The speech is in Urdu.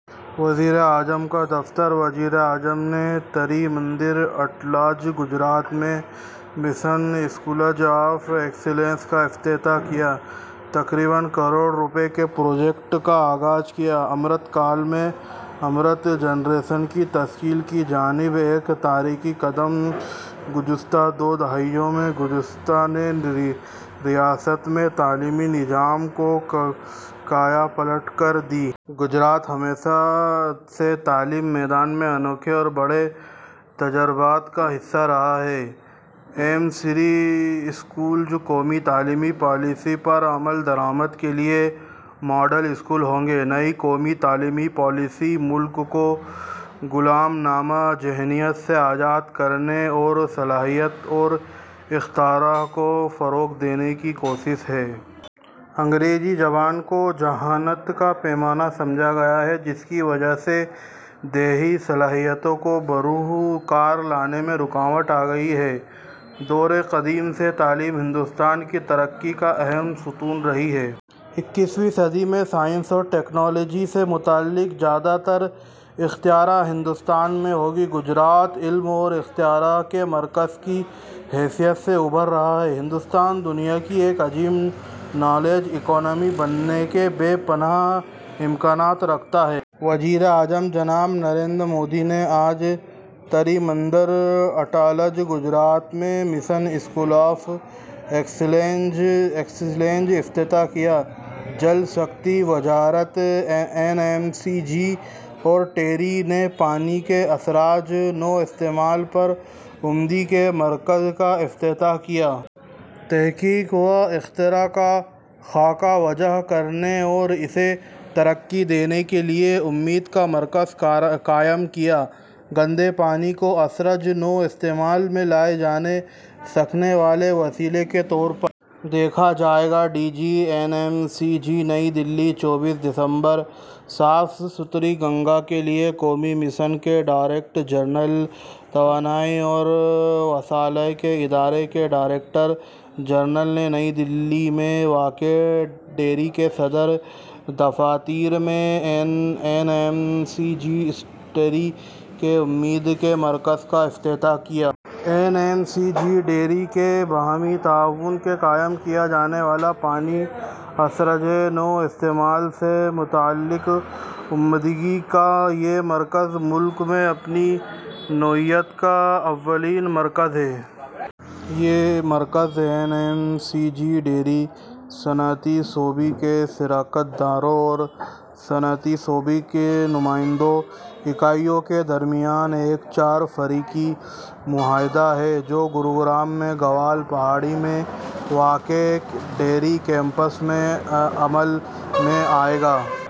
وزیراعظم کا دفتر وزیر اعظم نے تری مندر، اڈلج، گجرات میں مشن اسکولز آف ایکسیلنس کا افتتاح کیا۔ تقریباً کروڑ روپے کے پروجیکٹوں کا آغاز کیا۔ امرت کال کے لیے امرت جنریشن کی تشکیل کی جانب ایک تاریخی قدم گزشتہ دو دہائیوں میں گجرات نے ریاست میں تعلیمی نظام کی کایا پلٹ کر دی ہے۔ گجرات ہمیشہ سے تعلیم کے میدان میں انوکھے اور بڑے تجربات کا حصہ رہا ہے۔ پی ایم- شری اسکولز قومی تعلیمی پالیسی پر عمل درآمد کے لیے ماڈل اسکول ہوں گے۔ نئی قومی تعلیمی پالیسی ملک کو غلامانہ ذہنیت سے آزاد کرنے اور صلاحیت اور اختراع کو فروغ دینے کی کوشش ہے۔ انگریزی زبان کو ذہانت کا پیمانہ سمجھا گیا، جس کی وجہ سے دیہی صلاحیتوں کو بروئے کار لانے میں رکاوٹ آگئی۔ دورِ قدیم سے تعلیم ہندوستان کی ترقی کا اہم ستون رہی ہے۔ اکیسویں صدی میں سائنس اور ٹیکنالوجی سے متعلق زیادہ تر اختراع ہندوستان میں ہوگی۔ گجرات علم اور اختراع کے مرکز کی حیثیت سے ابھر رہا ہے۔ ہندوستان دنیا کی ایک عظیم نالج اکانومی بننے کے بے پناہ امکانات رکھتا ہے۔ وزیر اعظم جناب نریندر مودی نے آج تری مندر، اڈلج، گجرات میں مشن اسکول آف ایکسیلنس کا افتتاح کیا۔ جل شکتی وزارت این ایم سی جی اور ٹیری نے پانی کے ازسرِ نو استعمال پر عمدگی کے مرکز کا افتتاح کیا۔ تحقیق و اختراع کا خاکہ وضع کرنے اور اسے ترقی دینے کے لیے عمدگی کا مرکز قائم کیا۔ گندے پانی کو ازسرِ نو استعمال میں لائے جا سکنے والے وسیلے کے طور پر دیکھا جائے گا: D G, N M C G نئی دہلی، چوبیس دسمبر: صاف ستھری گنگا کے لیے قومی مشن کے ڈائریکٹر جنرل اور توانائی اور وسائل کے ادارے کے ڈائریکٹر جنرل نے نئی دہلی میں واقع ٹیری کے صدر دفاتر میں این ایم سی جی-ٹیری کے عمدگی کے مرکز کا افتتاح کیا۔ این ایم سی جی اور ٹیری کے باہمی تعاون سے قائم کیا جانے والا پانی کے ازسرِ نو استعمال سے متعلق عمدگی کا یہ مرکز ملک میں اپنی نوعیت کا اولین مرکز ہے۔ یہ مرکز N M C G, TERI, صنعتی شعبے کے شراکت داروں اور صنعتی شعبے کی نمائندہ اکائیوں کے درمیان ایک چار فریقی معاہدہ ہے، جو گروگرام میں گوال پہاڑی میں واقع ٹیری کیمپس میں عمل میں آئے گا۔